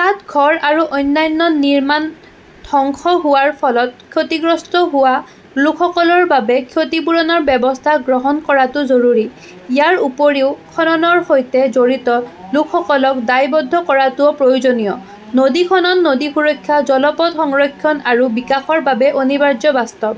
তাত ঘৰ আৰু অন্যান্য নিৰ্মাণ ধ্বংস হোৱাৰ ফলত ক্ষতিগ্ৰস্ত হোৱা লোকসকলৰ বাবে ক্ষতিপূৰণৰ ব্যৱস্থা গ্ৰহণ কৰাটো জৰুৰী। ইয়াৰ উপৰিও খননৰ সৈতে জড়িত লোকসকলক দায়বদ্ধ কৰাটোও প্ৰয়োজনীয়। নদী খনন নদী সুৰক্ষা, জলপথ সংৰক্ষণ আৰু বিকাশৰ বাবে অনিবাৰ্য বাস্তৱ।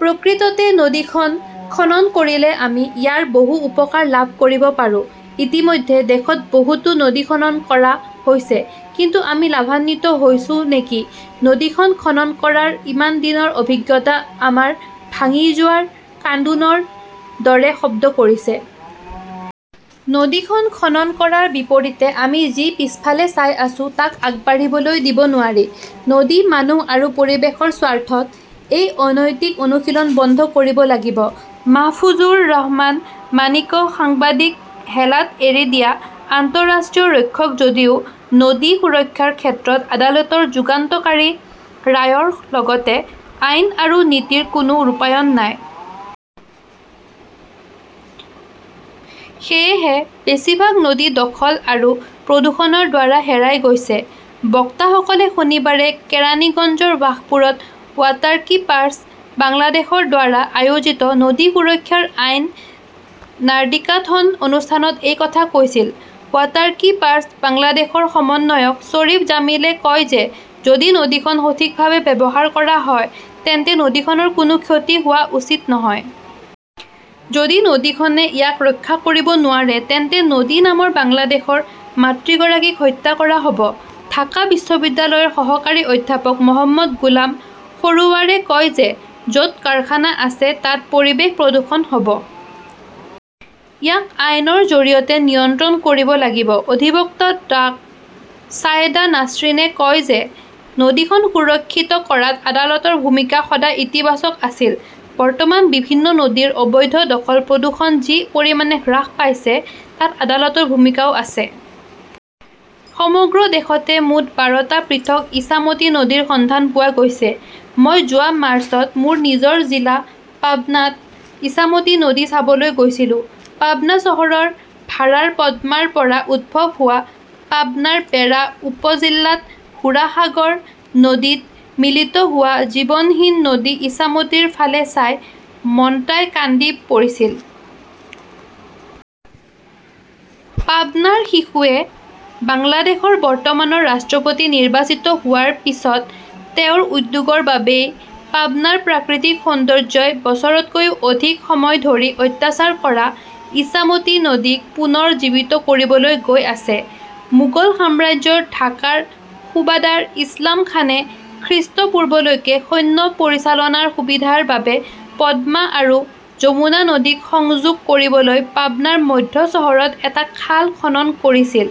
প্ৰকৃততে নদীখন খনন কৰিলে আমি ইয়াৰ বহু উপকাৰ লাভ কৰিব পাৰোঁ। ইতিমধ্যে দেশত বহুতো নদী খনন কৰা হৈছে। কিন্তু আমি লাভান্বিত হৈছো নেকি নদীখন খনন কৰাৰ ইমান দিনৰ অভিজ্ঞতা আমাৰ ভাঙি যোৱাৰ কান্দোনৰ দৰে শব্দ কৰিছে। নদীখন খনন কৰাৰ বিপৰীতে আমি যি পিছফালে চাই আছো তাক আগবাঢ়িবলৈ দিব নোৱাৰি। নদী, মানুহ আৰু পৰিৱেশৰ স্বাৰ্থত এই অনৈতিক অনুশীলন বন্ধ কৰিব লাগিব। মাহফুজুৰ ৰহমান মাণিকঃ সাংবাদিক হেলাত এৰি দিয়া আন্তঃৰাষ্ট্ৰীয় ৰক্ষক যদিও নদী সুৰক্ষাৰ ক্ষেত্ৰত আদালতৰ যুগান্তকাৰী ৰায়ৰ লগতে আইন আৰু নীতিৰ কোনো ৰূপায়ণ নাই। সেয়েহে বেছিভাগ নদী দখল আৰু প্ৰদূষণৰ দ্বাৰা হেৰাই গৈছে। বক্তাসকলে শনিবাৰে কেৰানিগঞ্জৰ ৱাশপুৰত ৱাটাৰকীপাৰ্ছ বাংলাদেশৰ দ্বাৰা আয়োজিত নদী সুৰক্ষাৰ আইন নাৰ্দিকাথন অনুষ্ঠানত এই কথা কৈছিল। ৱাটাৰকীপাৰ্ছ বাংলাদেশৰ সমন্বয়ক শ্বৰীফ জামিলে কয় যে যদি নদীখন সঠিকভাৱে ব্যৱহাৰ কৰা হয় তেন্তে নদীখনৰ কোনো ক্ষতি হোৱা উচিত নহয়। যদি নদীখনে ইয়াক ৰক্ষা কৰিব নোৱাৰে, তেন্তে নদী নামৰ বাংলাদেশৰ মাতৃগৰাকীক হত্যা কৰা হ 'ব। ঢাকা বিশ্ববিদ্যালয়ৰ সহকাৰী অধ্যাপক মহম্মদ গোলাম সৰোৱাৰে কয় যে য 'ত কাৰখানা আছে তাত পৰিৱেশ প্ৰদূষণ হ' ব। ইয়াক আইনৰ জৰিয়তে নিয়ন্ত্ৰণ কৰিব লাগিব। অধিবক্তা ডাঃ ছায়েদা নাছাৰিনে কয় যে নদীখন সুৰক্ষিত কৰাত আদালতৰ ভূমিকা সদায় ইতিবাচক আছিল। বৰ্তমান বিভিন্ন নদীৰ অবৈধ দখল-প্ৰদূষণ যি পৰিমাণে হ্ৰাস পাইছে তাত আদালতৰ ভূমিকাও আছে। সমগ্ৰ দেশতে মুঠ বাৰ টা পৃথক ইছামতী নদীৰ সন্ধান পোৱা গৈছে। মই যোৱা মাৰ্চত মোৰ নিজৰ জিলা পাবনাত ইছামতী নদী চাবলৈ গৈছিলো। পাবনা চহৰৰ ভাৰাৰ পদ্মাৰ পৰা উদ্ভৱ হোৱা, পাবনাৰ বেৰা উপজিল্লাত হুৰাসাগৰ নদীত মিলিত হোৱা জীৱনহীন নদী ইছামতীৰ ফালে চাই মন্টাই কান্দি পৰিছিল। পাবনাৰ শিশুৱে বাংলাদেশৰ বৰ্তমানৰ ৰাষ্ট্ৰপতি নিৰ্বাচিত হোৱাৰ পিছত তেওঁৰ উদ্যোগৰ বাবেই পাবনাৰ প্ৰাকৃতিক সৌন্দৰ্যই বছৰতকৈও অধিক সময় ধৰি অত্যাচাৰ কৰা ইছামতী নদীক পুনৰ জীৱিত কৰিবলৈ গৈ আছে। মোগল সাম্ৰাজ্যৰ ঢাকাৰ সুবাদাৰ ইছলাম খানে খ্ৰীষ্টপূৰ্বলৈকে সৈন্য পৰিচালনাৰ সুবিধাৰ বাবে পদ্মা আৰু যমুনা নদীক সংযোগ কৰিবলৈ পাবনাৰ মধ্য চহৰত এটা খাল খনন কৰিছিল,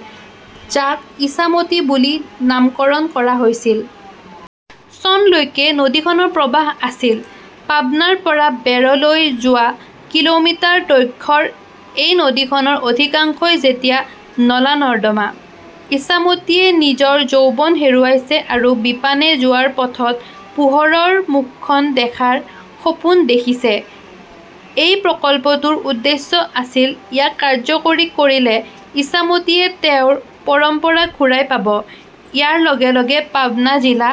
যাক ইছামতী বুলি নামকৰণ কৰা হৈছিল। চনলৈকে নদীখনৰ প্ৰবাহ আছিল। পাবনাৰ পৰা বেৰলৈ যোৱা কিলোমিটাৰ দৈৰ্ঘ্যৰ এই নদীখনৰ অধিকাংশই এতিয়া নলা-নৰ্দমা। ইছামতীয়ে নিজৰ যৌৱন হেৰুৱাইছে আৰু বিপানে যোৱাৰ পথত পোহৰৰ মুখখন দেখাৰ সপোন দেখিছে। এই প্ৰকল্পটোৰ উদ্দেশ্য আছিল-ইয়াক কাৰ্যকৰী কৰিলে ইছামতীয়ে তেওঁৰ পৰম্পৰা ঘূৰাই পাব। ইয়াৰ লগে লগে পাবনা জিলা